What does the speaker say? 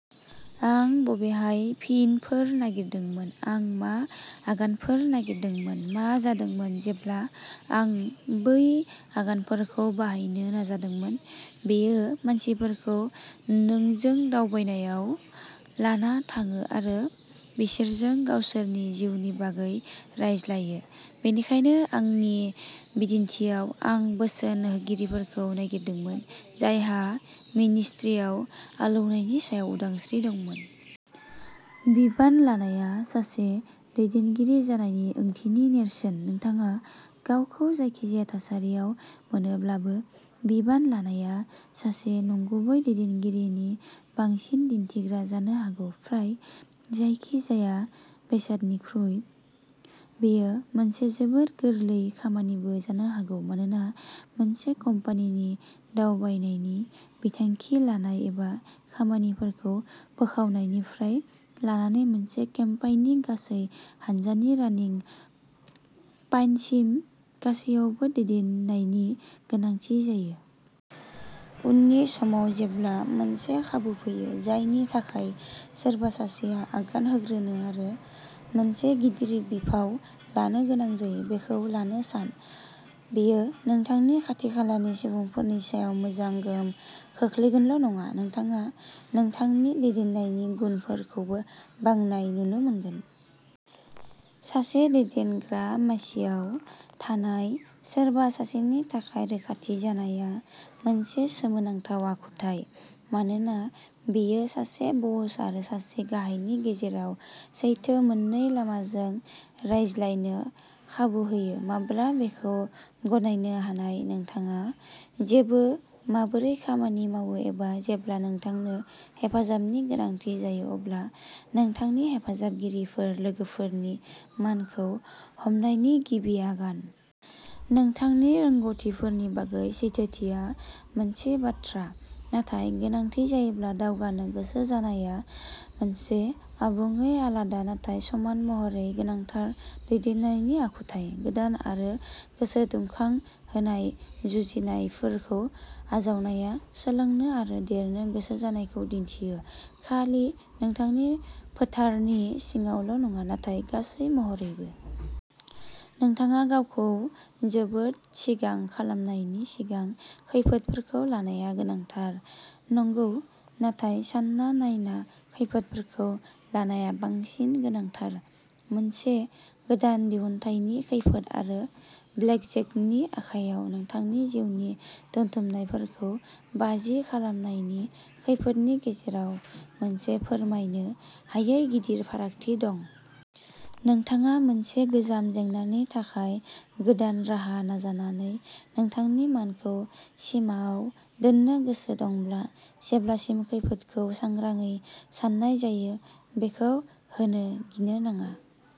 आं बबेहाय फिनफोर नागिरदोंमोन? आं मा आगानफोर नागिरदोंमोन? मा जादोंमोन जेब्ला आं बै आगानफोरखौ बाहायनो नाजादोंमोन? बेयो मानसिफोरखौ नोंजों दावबायनायाव लाना थाङो आरो बिसोरजों गावसोरनि जिउनि बागै रायज्लायो। बेनिखायनो, आंनि बिदिन्थिआव, "आं बोसोन होगिरिफोरखौ नागिरदोंमोन जायहा मिनिस्ट्रियाव आलौनायनि सायाव उदांस्रि दंमोन। बिबान लानाया सासे दैदेनगिरि जानायनि ओंथिनि नेरसोन, नोंथाङा गावखौ जायखिजाया थासारियाव मोनोब्लाबो। बिबान लानाया सासे नंगुबै दैदेनगिरिनि बांसिन दिन्थिग्रा जानो हागौ, फ्राय जायखि-जाया बेसादनिख्रुइ। बेयो मोनसे जोबोद गोरलै खामानिबो जानो हागौ, मानोना मोनसे कम्पानिनि दावबायनायनि बिथांखि लानाय एबा खामानिफोरखौ बोखावनायनिफ्राय लानानै मोनसे केम्पेइननि गासै हानजानि रानिं पइन्टसिम गासैयावबो दैदेननायनि गोनांथि जायो। उननि समाव जेब्ला मोनसे खाबु फैयो, जायनि थाखाय सोरबा सासेआ आगान होग्रोनो आरो मोनसे गिदिर बिफाव लानो गोनां जायो, बेखौ लानो सान। बेयो नोंथांनि खाथि-खालानि सुबुंफोरनि सायाव मोजां गोहोम खोख्लैगोनल'नङा, नोंथाङा नोंथांनि दैदेननायनि गुनफोरखौबो बांनाय नुनो मोनगोन। सासे दैदेनग्रा मासियाव थानाय सोरबा सासेनि थाखाय रोखाथि जानाया मोनसे सोमोनांथाव आखुथाय, मानोना बेयो सासे बस आरो सासे गाहायनि गेजेराव सैथो मोननै-लामाजों रायज्लायनो खाबु होयो। माब्ला बेखौ गनायनो हानाय। नोंथाङा जेबो माबोरै खामानि मावो, एबा जेब्ला नोंथांनो हेफाजाबनि गोनांथि जायो, अब्ला नोंथांनि हेफाजाबगिरिफोर/लोगोफोरनि मानखौ हमनायनि गिबि आगान। नोंथांनि रोंग'थिफोरनि बागै सैथोथिया मोनसे बाथ्रा, नाथाय गोनांथि जायोब्ला दावगानो गोसो जानाया मोनसे आबुङै आलादा-नाथाय समान महरै गोनांथार-दैदेननायनि आखुथाय। गोदान आरो गोसोदुंखांहोनाय जुजिनायफोरखौ आजावनाया सोलोंनो आरो देरनो गोसो जानायखौ दिन्थियो, खालि नोंथांनि फोथारनि सिङावल'नङा, नाथाय गासै महरैबो। नोंथाङा गावखौ जोबोद सिगां खालामनायनि सिगां, खैफोदफोरखौ लानाया गोनांथार, नंगौ, नाथाय सानना नायना खैफोदफोरखौ लानाया बांसिन गोनांथार। मोनसे गोदान दिहुनथायनि खैफोद आरो ब्लेकजेकनि आखायाव नोंथांनि जिउनि दोनथुमनायफोरखौ बाजि खालामनायनि खैफोदनि गेजेराव मोनसे फोरमायनो हायै गिदिर फारागथि दं। नोंथाङा मोनसे गोजाम जेंनानि थाखाय गोदान राहा नाजानानै नोंथांनि मानखौ सिमाआव दोन्नो गोसो दंब्ला, जेब्लासिम खैफोदखौ सांग्राङै सान्नाय जायो, बेखौ होनो गिनो नाङा।